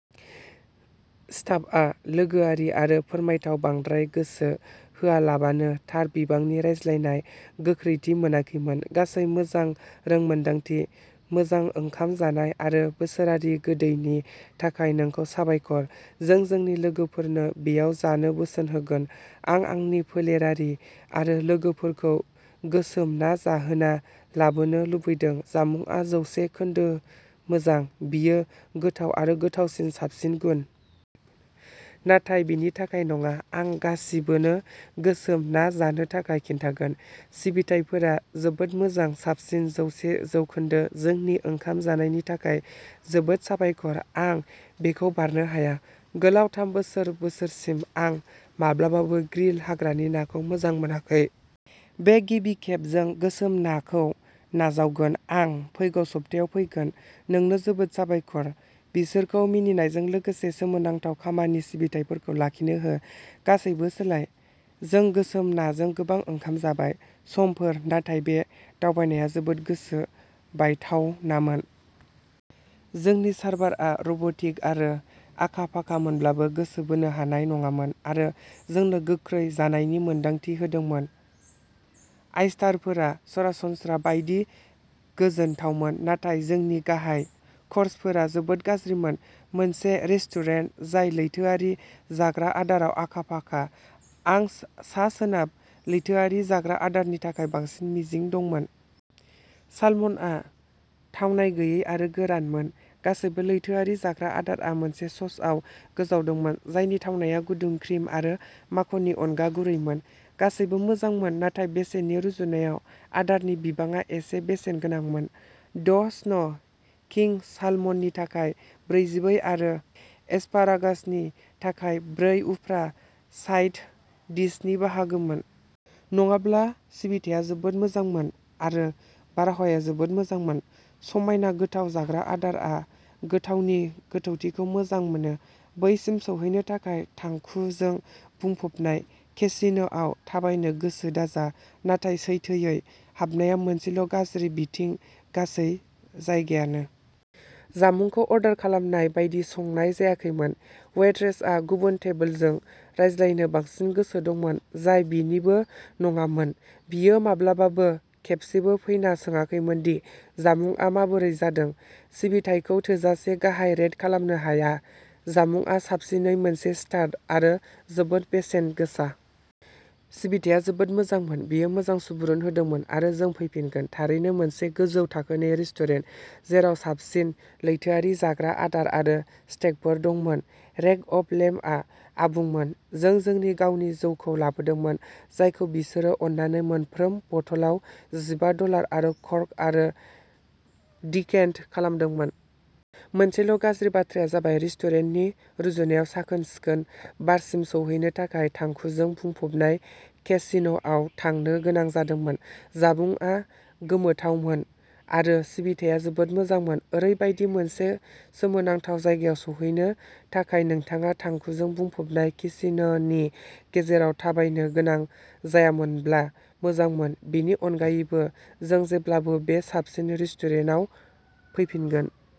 स्टाफआ लोगोआरि आरो फोरमायथाव बांद्राय गोसो होआलाबानो थार बिबांनि रायज्लायनाय गोख्रैथि मोनाखैमोन। गासै मोजां रोंमोनदांथि, मोजां ओंखाम जानाय आरो बोसोरारि गोदैनि थाखाय नोंखौ साबायखर। जों जोंनि लोगोफोरनो बेयाव जानो बोसोन होगोन। आं आंनि फोलेरारि आरो लोगोफोरखौ गोसोम ना जाहोना लाबोनो लुबैदों, जामुंआ जौसे जौखोन्दो मोजां, बेयो गोथाव आरो गोथावसिन साबसिन गुन। नाथाय बेनि थाखाय नङा, आं गासिबोनो गोसोम ना जानो थाखाय खिन्थागोन, सिबिथाइफोरा जोबोद मोजां साबसिन जौसे जौखोन्दो जोंनि ओंखाम जानायनि थाखाय जोबोद साबायखर, आं बेखौ बारनो हाया। गोलाव थाम बोसोरसिम आं माब्लाबाबो ग्रिल हाग्रानि नाखौ मोजां मोनाखै। बे गिबि खेब जों गोसोम नाखौ नाजावगोन, आं फैगौ सप्तायाव फैगोन। नोंनो जोबोद साबायखर, बिसोरखौ मिनिनायजों लोगोसे सोमोनांथाव खामानि सिबिथाइफोरखौ लाखिनो हो, गासैबो सोलाय। जों गोसोम नाजों गोबां ओंखाम जाबाय। समफोर नाथाय बे दावबायनाया जोबोद गोसो बायथावनामोन। जोंनि सार्भारआ रब'टिक आरो आखा-फाखामोनब्लाबो गोसो बोनो हानाय नङामोन आरो जोंनो गोख्रै जानायनि मोन्दांथि होदोंमोन। ऑयस्टारफोरा सरासनस्रा बायदि गोजोनथावमोन नाथाय जोंनि गाहाय क'र्सफोरा जोबोद गाज्रिमोन। मोनसे रेस्टुरेन्ट जाय लैथोआरि जाग्रा आदाराव आखा-फाखा, आं सा-सोनाब लैथोआरि जाग्रा आदारनि थाखाय बांसिन मिजिं दंमोन। सालमनआ थावनाय गैयै आरो गोरानमोन। गासैबो लैथोआरि जाग्रा आदारआ मोनसे ससआव गोजावदोंमोन, जायनि थावनाया गुदुं क्रिम आरो माखननि अनगा गुरैमोन। गासैबो मोजांमोन नाथाय बेसेननि रुजुनायाव आदारनि बिबाङा एसे बेसेन गोनांमोन, द' स्न' किंग सालमननि थाखाय ब्रैजिब्रै आरो एस्पारागासनि थाखाय ब्रै उफ्रा साइड डिशनि बाहागोमोन। नङाब्ला सिबिथाया जोबोद मोजांमोन आरो बारहावाया जोबोद मोजांमोन। समायना गोथाव जाग्रा आदारआ गोथावनि गोथौथिखौ मोजां मोनो। बैसिम सौहैनो थाखाय थांखुजों बुंफबनाय केसिनोआव थाबायनो गोसो दाजा, नाथाय सैथोयै हाबनाया मोनसेल' गाज्रि बिथिं गासै जायगायानो। जामुंखौ अर्डार खालामनाय बायदि संनाय जायाखैमोन। वेट्रेसआ गुबुन टेबोलजों रायज्लायनो बांसिन गोसो दंमोन, जाय बिनिबो नङामोन। बियो माब्लाबाबो खेबसेबो फैना सोङाखैमोन दि जामुंआ माबोरै जादों। सिबिथायखौ थोजासे गाहाय रेट खालामनो हाया। जामुंआ साबसिनै मोनसे स्टार आरो जोबोद बेसेन गोसा। सिबिथाया जोबोद मोजांमोन, बियो मोजां सुबुरुन होदोंमोन आरो जों फैफिनगोन थारैनो मोनसे गोजौ थाखोनि रेस्टुरेन्ट जेराव साबसिन लैथोआरि जाग्रा आदार आरो स्टेकफोर दंमोन। रेक अफ लेम्बआ आबुंमोन। जों जोंनि गावनि जौखौ लाबोदोंमोन, जायखौ बिसोरो अननानै मोनफ्रोम बथलाव जिबा दलार आव कर्क आरो डिकेनट खालामदोंमोन। मोनसेल' गाज्रि बाथ्राया जाबाय रेस्टुरेन्टनि रुजुनायाव साखोन-सिखोन बारसिम सौहैनो थाखाय थांखुजों बुंफबनाय केसिनोआव थांनो गोनां जादोंमोन। जामुंआ गोमोथावमोन आरो सिबिथाया जोबोद मोजांमोन। ओरैबायदि मोनसे सोमोनांथाव जायगायाव सौहैनो थाखाय नोंथाङा थांखुजों बुंफबनाय केसिनोनि गेजेरजों थाबायनो गोनां जायामोनब्ला मोजांमोन। बेनि अनगायैबो, जों जेब्लाबो बे साबसिन रेस्टुरेन्टाव फैफिनगोन।